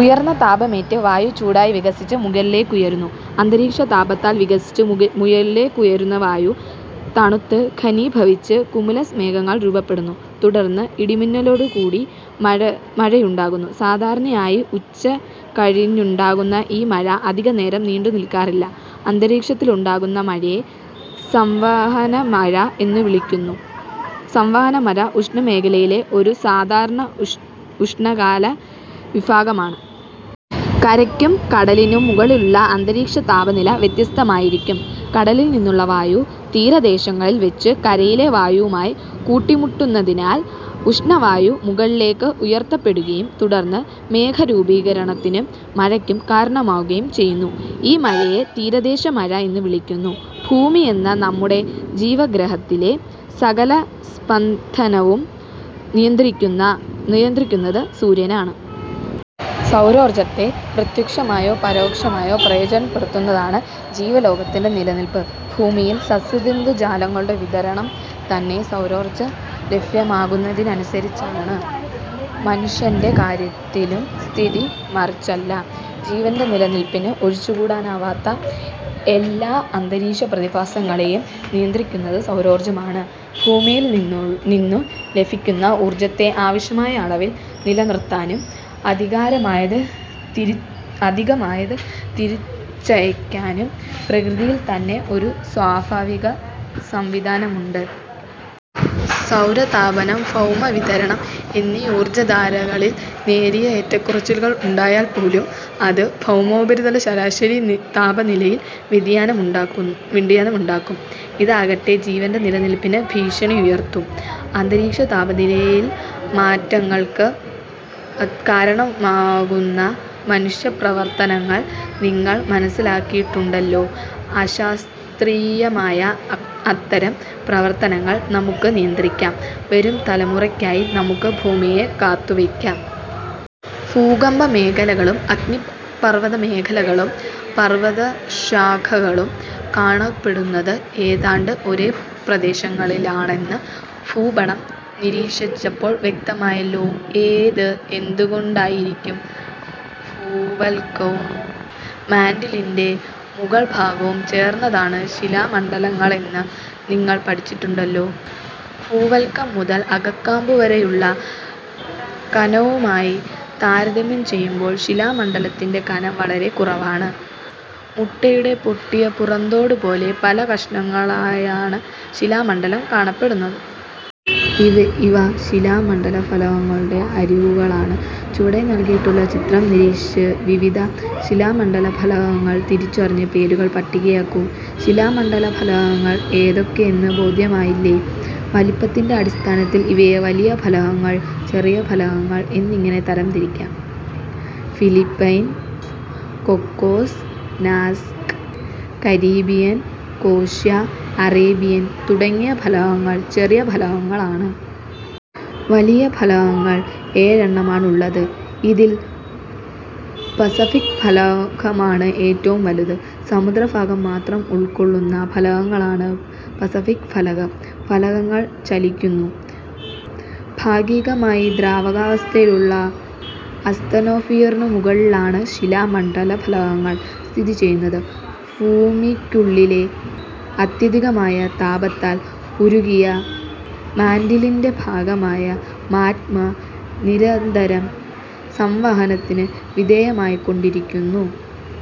ഉയർന്ന താപമേറ്റ് വായു ചൂടായി വികസിച്ച് മുകളിലേക്കുയരുന്നു. അന്തരീക്ഷതാപത്താൽ വികസിച്ച് മുകളിലേക്കുയരുന്ന വായു തണുത്ത് ഘനീഭവിച്ച് കുമുലസ് മേഘങ്ങൾ രൂപമെടുക്കുന്നു. തുടർന്ന് ഇടിമിന്നലോടു കൂടി മഴയുണ്ടാകുന്നു. സാധാരണയായി അന്തരീക്ഷത്തിണ്ടാകുന്ന ഈ മഴ അധികനേരം നീണ്ടുനിൽക്കാറില്ല. ഇത്തരത്തിലുണ്ടാകുന്ന മഴയെ സംവഹന മഴ എന്നു വിളിക്കുന്നു. സംവഹനമഴ ഉഷ്ണമേഖലയിലെ ഒരു സാധാരണ ഉഷ്ണകാല പ്രതിഭാസമാണ്. കരയ്ക്കും കടലിനും മുകളിലുള്ള അന്തരീക്ഷതാപനില വ്യത്യസ്തമായിരിക്കും. കടലിൽ നിന്നുള്ള വായു തീരദേശങ്ങളിൽ വച്ച് കരയിലെ വായുവുമായി കൂട്ടിമുട്ടാനിടയായാൽ ഉഷ്ണവായു മുകളിലേക്ക് ഉയർത്തപ്പെടുകയും തുടർന്ന് മേഘരൂപീകരണത്തിനും മഴയ്ക്കും കാരണമാവുകയും ചെയ്യുന്നു. ഈ മഴയെ തീരദേശ മഴ എന്ന് വിളിക്കുന്നു. ഭൂമിയെന്ന നമ്മുടെ ജീവഗ്രഹത്തിലെ സകല സ്പന്ദനവും നിയന്ത്രിക്കുന്നത് സൂര്യനാണ്. സൗരോർജത്തെ പ്രത്യക്ഷമായോ പരോക്ഷമായോ പ്രയോജനപ്പെടുത്തിയാണ് ജീവലോകത്തിന്റെ നിലനിൽപ്പ്. ഭൂമിയിൽ സസ്യ ജന്തുജാലങ്ങളുടെ വിതരണം തന്നെ സൗരോർജ ലഭ്യതയ്ക്കനുസരിച്ചാണ്. മനുഷ്യന്റെ കാര്യത്തിലും സ്ഥിതി മറിച്ചല്ല. ജീവന്റെ നിലനിൽപ്പിന് ഒഴിച്ചു കൂടാനാവാത്ത എല്ലാ അന്തരീക്ഷപ്രതിഭാസങ്ങളെയും നിയന്ത്രിക്കുന്നത് സൗരോർജമാണ്. ഭൂമിയിൽനിന്നു ലഭിക്കുന്ന ഊർജത്തെ ആവശ്യമായ അളവിൽ നിലനിർത്താനും അധികമായത് തിരിച്ചയയ്ക്കാനും പ്രകൃതിയിൽത്തന്നെ ഒരു സ്വാഭാവിക സംവിധാനമുണ്ട്. സൗരതാപനം, ഭൗമവികിരണം എന്നീ ഊർജധാരകളിൽ നേരിയ ഏറ്റക്കുറച്ചിലുകൾ ഉണ്ടായാൽ പോലും അത് ഭൗമോപരിതല ശരാശരി താപനിലയിൽ വ്യതിയാനമുണ്ടാക്കും. ഇതാകട്ടെ, ജീവന്റെ നിലനിൽപ്പിന് ഭീഷണിയുയർത്തും. അന്തരീക്ഷതാപനിലയിൽ മാറ്റങ്ങൾക്ക് കാരണമാകുന്ന മനുഷ്യപ്രവർത്തനങ്ങൾ നിങ്ങൾ മനസ്സിലാക്കിയിട്ടുണ്ടല്ലോ. അശാസ്ത്രീയമായ അത്തരം പ്രവർത്തനങ്ങൾ നമുക്ക് നിയന്ത്രിക്കാം. വരും തലമുറകൾക്കായി നമ്മുടെ ഭൂമിയെ കാത്തുവയ്ക്കാം. ഭൂകമ്പമേഖലകളും അഗ്നിപർവതമേഖലകളും പർവതശാഖ കളും കാണപ്പെടുന്നത് ഏതാണ്ട് ഒരേ പ്രദേശങ്ങളിലാണെന്ന് ഭൂപടം നിരീക്ഷിച്ചപ്പോൾ വ്യക്തമായല്ലോ. ഇത് എന്തുകൊണ്ടായിരിക്കാം? ഭൂവൽക്കവും മാന്റിലിന്റെ മുകൾഭാഗവും ചേർന്നതാണ് ശിലാമണ്ഡലമെന്ന് നിങ്ങൾ പഠിച്ചിട്ടുണ്ടല്ലോ. ഭൂവൽക്കം മുതൽ അകക്കാമ്പു വരെയുള്ള കനവുമായി താരതമ്യം ചെയ്യുമ്പോൾ ശിലാമണ്ഡലത്തിന്റെ കനം വളരെ കുറവാണ്. മുട്ടയുടെ പൊട്ടിയ പുറന്തോടുപോലെ പല കഷണങ്ങളായാണ് ശിലാമണ്ഡലം കാണപ്പെടുന്നത്. ഇവ ശിലാമണ്ഡലഫലകങ്ങളുടെ അരികുകളാണ്. ചുവടെ നൽകിയിട്ടുള്ള ചിത്രം നിരീക്ഷിച്ച് വിവിധ ശിലാമണ്ഡലഫലകങ്ങൾ തിരിച്ചറിഞ്ഞ് പേരുകൾ പട്ടികയാക്കു. ശിലാമണ്ഡലഫലകങ്ങൾ ഏതൊക്കെയെന്ന് ബോധ്യമായില്ലേ. വലിപ്പത്തിന്റെ അടിസ്ഥാനത്തിൽ ഇവയെ വലിയ ഫലകങ്ങൾ, ചെറിയ ഫലകങ്ങൾ എന്നിങ്ങനെ തരംതിരിക്കാം. ഫിലിപ്പൈൻ, കോക്കോസ്, നാസ്ക്, കരീബിയൻ, കോഷ്യ, അറേബ്യൻ തുടങ്ങിയ ഫലകങ്ങൾ ചെറിയ ഫലകങ്ങളാണ്. വലിയ ഫലകങ്ങൾ ഏഴെണ്ണമാണുള്ളത്. ഇതിൽ പസഫിക് ഫലകമാണ് ഏറ്റവും വലുത്. സമുദ്രഭാഗം മാത്രം ഉൾക്കൊള്ളുന്ന ഫലകമാണ് പസഫിക് ഫലകം. ഫലകങ്ങൾ ചലിക്കുന്നു. ഭാഗികമായി ദ്രവാക വസ്ഥയിലുള്ള അസ്തനോസ്ഫിയറിനു മുകളിലാണ് ശിലാ മണ്ഡലഫലകങ്ങൾ സ്ഥിതിചെയ്യുന്നത്. ഭൂമിക്കുള്ളിലെ അത്യധികമായ താപത്താൽ ഉരുകിയ മാന്റിലിന്റെ ഭാഗമായ മാഗ്മ നിരന്തരം സംവഹനത്തിന് വിധേയമായിക്കൊണ്ടിരിക്കുന്നു.